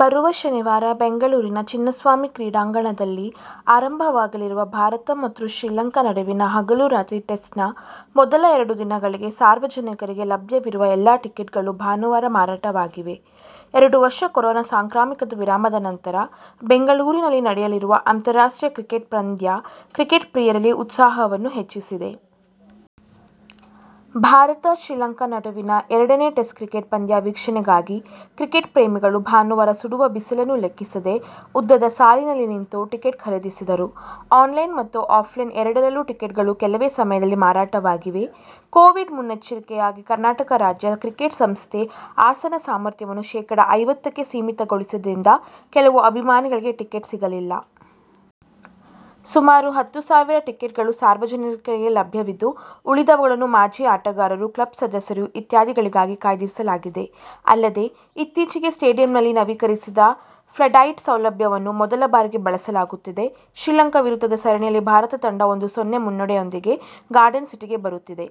ಬರುವ ಶನಿವಾರ ಬೆಂಗಳೂರಿನ ಚಿನ್ನಸ್ವಾಮಿ ಕ್ರೀಡಾಂಗಣದಲ್ಲಿ ಆರಂಭವಾಗಲಿರುವ ಭಾರತ ಮತ್ತು ಶ್ರೀಲಂಕಾ ನಡುವಿನ ಹಗಲು-ರಾತ್ರಿ ಟೆಸ್ಟ್ನ ಮೊದಲ ಎರಡು ದಿನಗಳಿಗೆ ಸಾರ್ವಜನಿಕರಿಗೆ ಲಭ್ಯವಿರುವ ಎಲ್ಲಾ ಟಿಕೆಟ್ಗಳು ಭಾನುವಾರ ಮಾರಾಟವಾಗಿವೆ. ಎರಡು ವರ್ಷ ಕೊರೋನಾ ಸಾಂಕ್ರಾಮಿಕದ ವಿರಾಮದ ನಂತರ ಬೆಂಗಳೂರಿನಲ್ಲಿ ನಡೆಯಲಿರುವ ಅಂತಾರಾಷ್ಟ್ರೀಯ ಕ್ರಿಕೆಟ್ ಪಂದ್ಯ ಕ್ರಿಕೆಟ್ ಪ್ರಿಯರಲ್ಲಿ ಉತ್ಸಾಹವನ್ನು ಹೆಚ್ಚಿಸಿದೆ. ಭಾರತ- ಶ್ರೀಲಂಕಾ ನಡುವಿನ ಎರಡನೇ ಟೆಸ್ಟ್ ಕ್ರಿಕೆಟ್ ಪಂದ್ಯ ವೀಕ್ಷಣೆಗಾಗಿ ಕ್ರಿಕೆಟ್ ಪ್ರೇಮಿಗಳು ಭಾನುವಾರ ಸುಡುವ ಬಿಸಿಲನ್ನು ಲೆಕ್ಕಿಸದೆ ಉದ್ದದ ಸಾಲಿನಲ್ಲಿ ನಿಂತು ಟಿಕೆಟ್ ಖರೀದಿಸಿದರು. ಆನ್ಲೈನ್ ಮತ್ತು ಆಫ್ಲೈನ್ ಎರಡರಲ್ಲೂ ಟಿಕೆಟ್ಗಳು ಕೆಲವೇ ಸಮಯದಲ್ಲಿ ಮಾರಾಟವಾಗಿವೆ. ಕೋವಿಡ್ ಮುನ್ನೆಚ್ಚರಿಕೆಯಾಗಿ ಕರ್ನಾಟಕ ರಾಜ್ಯ ಕ್ರಿಕೆಟ್ ಸಂಸ್ಥೆ ಆಸನ ಸಾಮರ್ಥ್ಯವನ್ನು ಶೇಕಡಾ ಐವತ್ತಕ್ಕೆ ಸೀಮಿತಗೊಳಿಸಿದ್ದರಿಂದ ಕೆಲವು ಅಭಿಮಾನಿಗಳಿಗೆ ಟಿಕೆಟ್ ಸಿಗಲಿಲ್ಲ. ಸುಮಾರು ಹತ್ತು ಸಾವಿರ ಟಿಕೆಟ್ಗಳು ಸಾರ್ವಜನಿಕರಿಗೆ ಲಭ್ಯವಿದ್ದು, ಉಳಿದವುಗಳನ್ನು ಮಾಜಿ ಆಟಗಾರರು, ಕ್ಲಬ್ ಸದಸ್ಯರು ಇತ್ಯಾದಿಗಳಿಗಾಗಿ ಕಾಯ್ದಿರಿಸಲಾಗಿದೆ. ಅಲ್ಲದೆ, ಇತ್ತೀಚೆಗೆ ಸ್ಟೇಡಿಯಂನಲ್ಲಿ ನವೀಕರಿಸಿದ ಫ್ಲಡ್ಲೈಟ್ ಸೌಲಭ್ಯವನ್ನು ಮೊದಲ ಬಾರಿಗೆ ಬಳಸಲಾಗುತ್ತಿದೆ. ಶ್ರೀಲಂಕಾ ವಿರುದ್ಧದ ಸರಣಿಯಲ್ಲಿ ಭಾರತ ತಂಡ ಒಂದು ಸೊನ್ನೆ ಮುನ್ನಡೆಯೊಂದಿಗೆ ಗಾರ್ಡನ್ ಸಿಟಿಗೆ ಬರುತ್ತಿದೆ.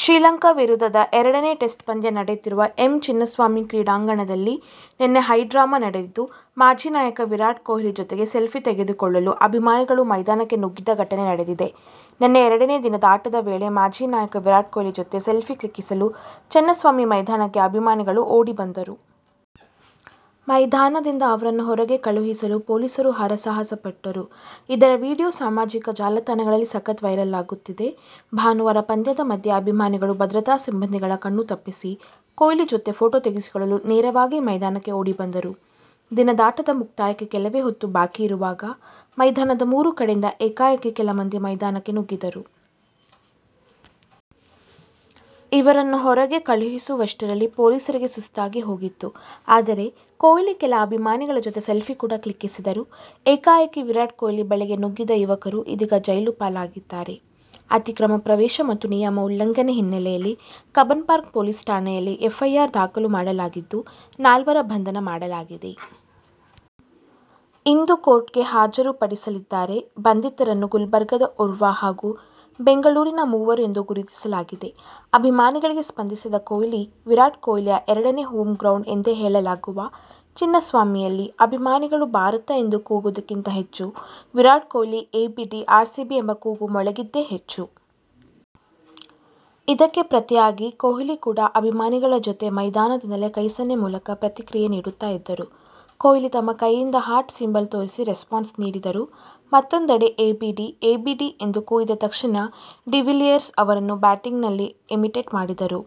ಶ್ರೀಲಂಕಾ ವಿರುದ್ಧದ ಎರಡನೇ ಟೆಸ್ಟ್ ಪಂದ್ಯ ನಡೆಯುತ್ತಿರುವ ಎಂ ಚಿನ್ನಸ್ವಾಮಿ ಕ್ರೀಡಾಂಗಣದಲ್ಲಿ ನಿನ್ನೆ ಹೈಡ್ರಾಮಾ ನಡೆದಿದ್ದು, ಮಾಜಿ ನಾಯಕ ವಿರಾಟ್ ಕೊಹ್ಲಿ ಜೊತೆಗೆ ಸೆಲ್ಫಿ ತೆಗೆದುಕೊಳ್ಳಲು ಅಭಿಮಾನಿಗಳು ಮೈದಾನಕ್ಕೆ ನುಗ್ಗಿದ ಘಟನೆ ನಡೆದಿದೆ. ನಿನ್ನೆ ಎರಡನೇ ದಿನದಾಟದ ವೇಳೆ ಮಾಜಿ ನಾಯಕ ವಿರಾಟ್ ಕೊಹ್ಲಿ ಜೊತೆ ಸೆಲ್ಫೀ ಕ್ಲಿಕ್ಕಿಸಲು ಚಿನ್ನಸ್ವಾಮಿ ಮೈದಾನಕ್ಕೇ ಅಭಿಮಾನಿಗಳು ಓಡಿ ಬಂದರು. ಮೈದಾನದಿಂದ ಅವರನ್ನು ಹೊರಗೆ ಕಳುಹಿಸಲು ಪೊಲೀಸರು ಹರಸಾಹಸ ಪಟ್ಟರು. ಇದರ ವಿಡಿಯೋ ಸಾಮಾಜಿಕ ಜಾಲತಾಣಗಳಲ್ಲಿ ಸಖತ್ ವೈರಲ್ ಆಗುತ್ತಿದೆ. ಭಾನುವಾರ ಪಂದ್ಯದ ಮಧ್ಯೆ ಅಭಿಮಾನಿಗಳು ಭದ್ರತಾ ಸಿಬ್ಬಂದಿಗಳ ಕಣ್ಣು ತಪ್ಪಿಸಿ ಕೊಹ್ಲಿ ಜೊತೆ ಫೋಟೋ ತೆಗೆಸಿಕೊಳ್ಳಲು ನೇರವಾಗಿ ಮೈದಾನಕ್ಕೆ ಓಡಿ ಬಂದರು. ದಿನದಾಟದ ಮುಕ್ತಾಯಕ್ಕೆ ಕೆಲವೇ ಹೊತ್ತು ಬಾಕಿ ಇರುವಾಗ ಮೈದಾನದ ಮೂರು ಕಡೆಯಿಂದ ಏಕಾಏಕಿ ಕೆಲ ಮಂದಿ ಮೈದಾನಕ್ಕೆ ನುಗ್ಗಿದರು. ಇವರನ್ನು ಹೊರಗೆ ಕಳುಹಿಸುವಷ್ಟರಲ್ಲಿ ಪೊಲೀಸರಿಗೆ ಸುಸ್ತಾಗಿ ಹೋಗಿತ್ತು. ಆದರೆ, ಕೊಹ್ಲಿ ಕೆಲ ಅಭಿಮಾನಿಗಳ ಜೊತೆ ಸೆಲ್ಫಿ ಕೂಡ ಕ್ಲಿಕ್ಕಿಸಿದರು. ಏಕಾಏಕಿ ವಿರಾಟ್ ಕೊಹ್ಲಿ ಬಳಿಗೆ ನುಗ್ಗಿದ್ದ ಯುವಕರು ಇದೀಗ ಜೈಲು ಪಾಲಾಗಿದ್ದಾರೆ. ಅತಿಕ್ರಮ ಪ್ರವೇಶ ಮತ್ತು ನಿಯಮ ಉಲ್ಲಂಘನೆ ಹಿನ್ನಲೆಯಲ್ಲಿ ಕಬ್ಬನ್ ಪಾರ್ಕ್ ಪೊಲೀಸ್ ಠಾಣೆಯಲ್ಲಿ ಎಫ್ಐಆರ್ ದಾಖಲು ಮಾಡಲಾಗಿದ್ದು ನಾಲ್ವರ ಬಂಧನ ಮಾಡಲಾಗಿದೆ. ಇಂದು ಕೋರ್ಟ್ಗೆ ಹಾಜರು ಪಡಿಸಲಿದ್ದಾರೆ. ಬಂಧಿತರನ್ನು ಗುಲ್ಬರ್ಗಾದ ಓರ್ವ ಹಾಗೂ ಬೆಂಗಳೂರಿನ ಮೂವರು ಎಂದು ಗುರುತಿಸಲಾಗಿದೆ. ಅಭಿಮಾನಿಗಳಿಗೆ ಸ್ಪಂದಿಸಿದ ಕೊಹ್ಲಿ ವಿರಾಟ್ ಕೊಹ್ಲಿಯ ಎರಡನೇ ಹೋಮ್ ಗ್ರೌಂಡ್ ಎಂದೇ ಹೇಳಲಾಗುವ ಚಿನ್ನಸ್ವಾಮಿಯಲ್ಲಿ ಅಭಿಮಾನಿಗಳು ಭಾರತ ಎಂದು ಕೂಗುವುದಕ್ಕಿಂತ ಹೆಚ್ಚು ವಿರಾಟ್ ಕೊಹ್ಲಿ, ಎಬಿಡಿ, ಆರ್ಸಿಬಿ ಎಂಬ ಕೂಗು ಮೊಳಗಿದ್ದೇ ಹೆಚ್ಚು. ಇದಕ್ಕೆ ಪ್ರತಿಯಾಗಿ ಕೊಹ್ಲಿ ಕೂಡ ಅಭಿಮಾನಿಗಳ ಜೊತೆ ಮೈದಾನದಿಂದಲೇ ಕೈ ಸನ್ನೆ ಮೂಲಕ ಪ್ರತಿಕ್ರಿಯೆ ನೀಡುತ್ತಾ ಇದ್ದರು. ಕೊಹ್ಲಿ ತಮ್ಮ ಕೈಯಿಂದ ಹಾರ್ಟ್ ಸಿಂಬಲ್ ತೋರಿಸಿ ರೆಸ್ಪಾನ್ಸ್ ನೀಡಿದ್ದರು. ಮತ್ತೊಂದೆಡೆ ಎಬಿಡಿ, ಎಬಿಡಿ ಎಂದು ಕೂಗಿದ ತಕ್ಷಣ ಡಿವಿಲಿಯರ್ಸ್ ಅವರನ್ನು ಬ್ಯಾಟಿಂಗ್ನಲ್ಲಿ ಇಮಿಟೇಟ್ ಮಾಡಿದರು.